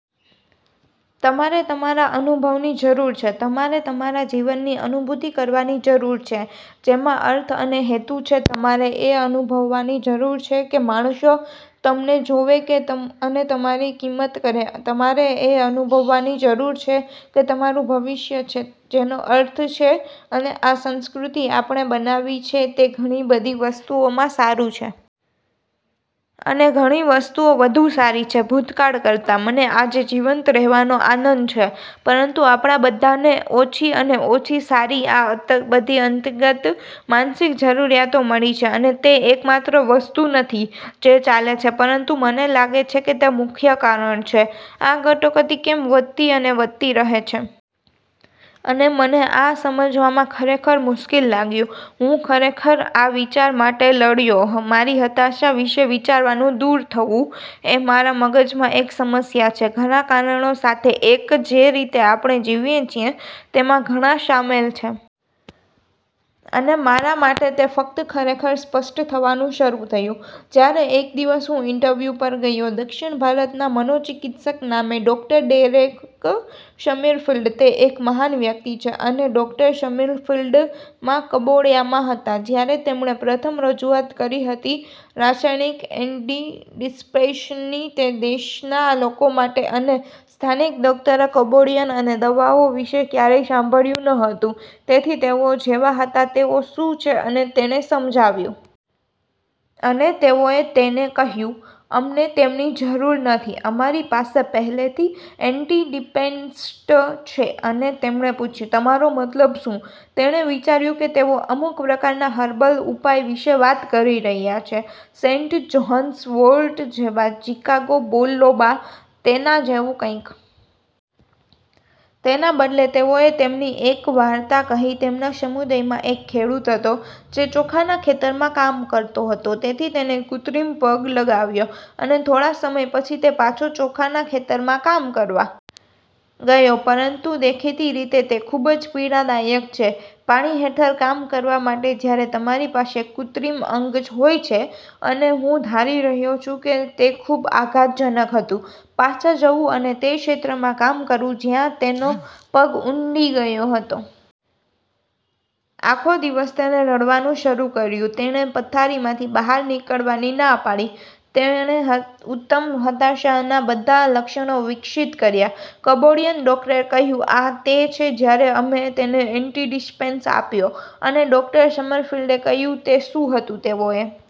તમારે તમારા અનુભવની જરૂર છે. તમારે તમારા જીવનની અનુભૂતિ કરવાની જરૂર છે, જેમાં અર્થ અને હેતુ છે. તમારે એ અનુભવવાની જરૂર છે કે માણસો તમને જોવે છે અને તમારી કિંમત કરે છે. તમારે એ અનુભવવાની જરૂર છે કે તમારું ભવિષ્ય છે જેનો અર્થ છે અને આ સંસ્કૃતિ આપણે બનાવી છે તે ઘણી બધી વસ્તુઓમાં સારું છે. અને ઘણી વસ્તુઓ વધુ સારી છે ભૂતકાળ કરતાં. મને આજે જીવંત રહેવાનો આનંદ છે, પરંતુ આપણા બધાને ઓછી અને ઓછી સારી આ બધી અંતર્ગત માનસિક જરૂરિયાતો મળી છે. અને તે એકમાત્ર વસ્તુ નથી જે ચાલે છે, પરંતુ મને લાગે છે કે તે મુખ્ય કારણ છે આ કટોકટી કેમ વધતી અને વધતી રહે છે. અને મને આ સમજવામાં ખરેખર મુશ્કેલ લાગ્યું. હું ખરેખર આ વિચાર સાથે લડ્યો મારી હતાશા વિશે વિચારવાથી દૂર થવું એ મારા મગજમાં એક સમસ્યા છે, ઘણા કારણો સાથે એક, જે રીતે આપણે જીવીએ છીએ તેમાં ઘણા શામેલ છે. અને મારા માટે તે ફક્ત ખરેખર સ્પષ્ટ થવાનું શરૂ થયું, જ્યારે એક દિવસ હું ઇન્ટરવ્યૂ પર ગયો દક્ષિણ આફ્રિકાના મનોચિકિત્સક નામે ડૉક્ટર. Derek Sommerfeld. તે એક મહાન વ્યક્તિ છે. અને ડોક્ટર. સમરફિલ્ડ માં કંબોડિયામાં હતા, જ્યારે તેમણે પ્રથમ રજૂઆત કરી હતી રાસાયણિક એન્ટીડિપ્રેસન્ટ્સની તે દેશના લોકો માટે અને સ્થાનિક ડોકટરો, કંબોડિયન, આ દવાઓ વિશે ક્યારેય સાંભળ્યું ન હતું, તેથી તેઓ જેવા હતા, તેઓ શું છે અને તેણે સમજાવ્યું. અને તેઓએ તેને કહ્યું, અમને તેમની જરૂર નથી, અમારી પાસે પહેલાથી એન્ટીડિપ્રેસન્ટ્સ છે અને તેમને પૂછ્યું, "તમારો મતલબ શું? " તેણે વિચાર્યું કે તેઓ અમુક પ્રકારના હર્બલ ઉપાય વિશે વાત કરી રહ્યા છે, સેન્ટ જ્હોન્સ વોર્ટ જેવા, જિંકગો બિલોબા, તેના જેવું કંઇક. તેના બદલે, તેઓએ તેમને એક વાર્તા કહી. તેમના સમુદાયમાં એક ખેડૂત હતો જે ચોખાના ખેતરમાં કામ કરતો હતો. તેથી તેને કૃત્રિમ પગ લગાવ્યો, અને થોડા સમય પછી, તે પાછો ચોખાના ખેતરોમાં કામ કરવા ગયો, પરંતુ દેખીતી રીતે, તે ખૂબ જ પીડાદાયક છે પાણી હેઠળ કામ કરવા માટે જ્યારે તમારી પાસે કૃત્રિમ અંગ હોય છે, અને હું ધારી રહ્યો છું કે તે ખૂબ આઘાતજનક હતું પાછા જવું અને તે ક્ષેત્રમાં કામ કરવું જ્યાં તેનો પગ ઊંડી ગયો હતો. આખો દિવસ તેણે રડવાનું શરૂ કર્યું, તેણે પથારીમાંથી બહાર નીકળવાની ના પાડી, તેણે ઉત્તમ હતાશાના બધા લક્ષણો વિકસિત કર્યા. કબોડિયન ડોકટરે કહ્યું, "આ તે છે જ્યારે અમે તેને એન્ટીડિપ્રેસ આપ્યો. " અને ડોક્ટર. સમરફિલ્ડે કહ્યું, "તે શું હતું? " તેઓએ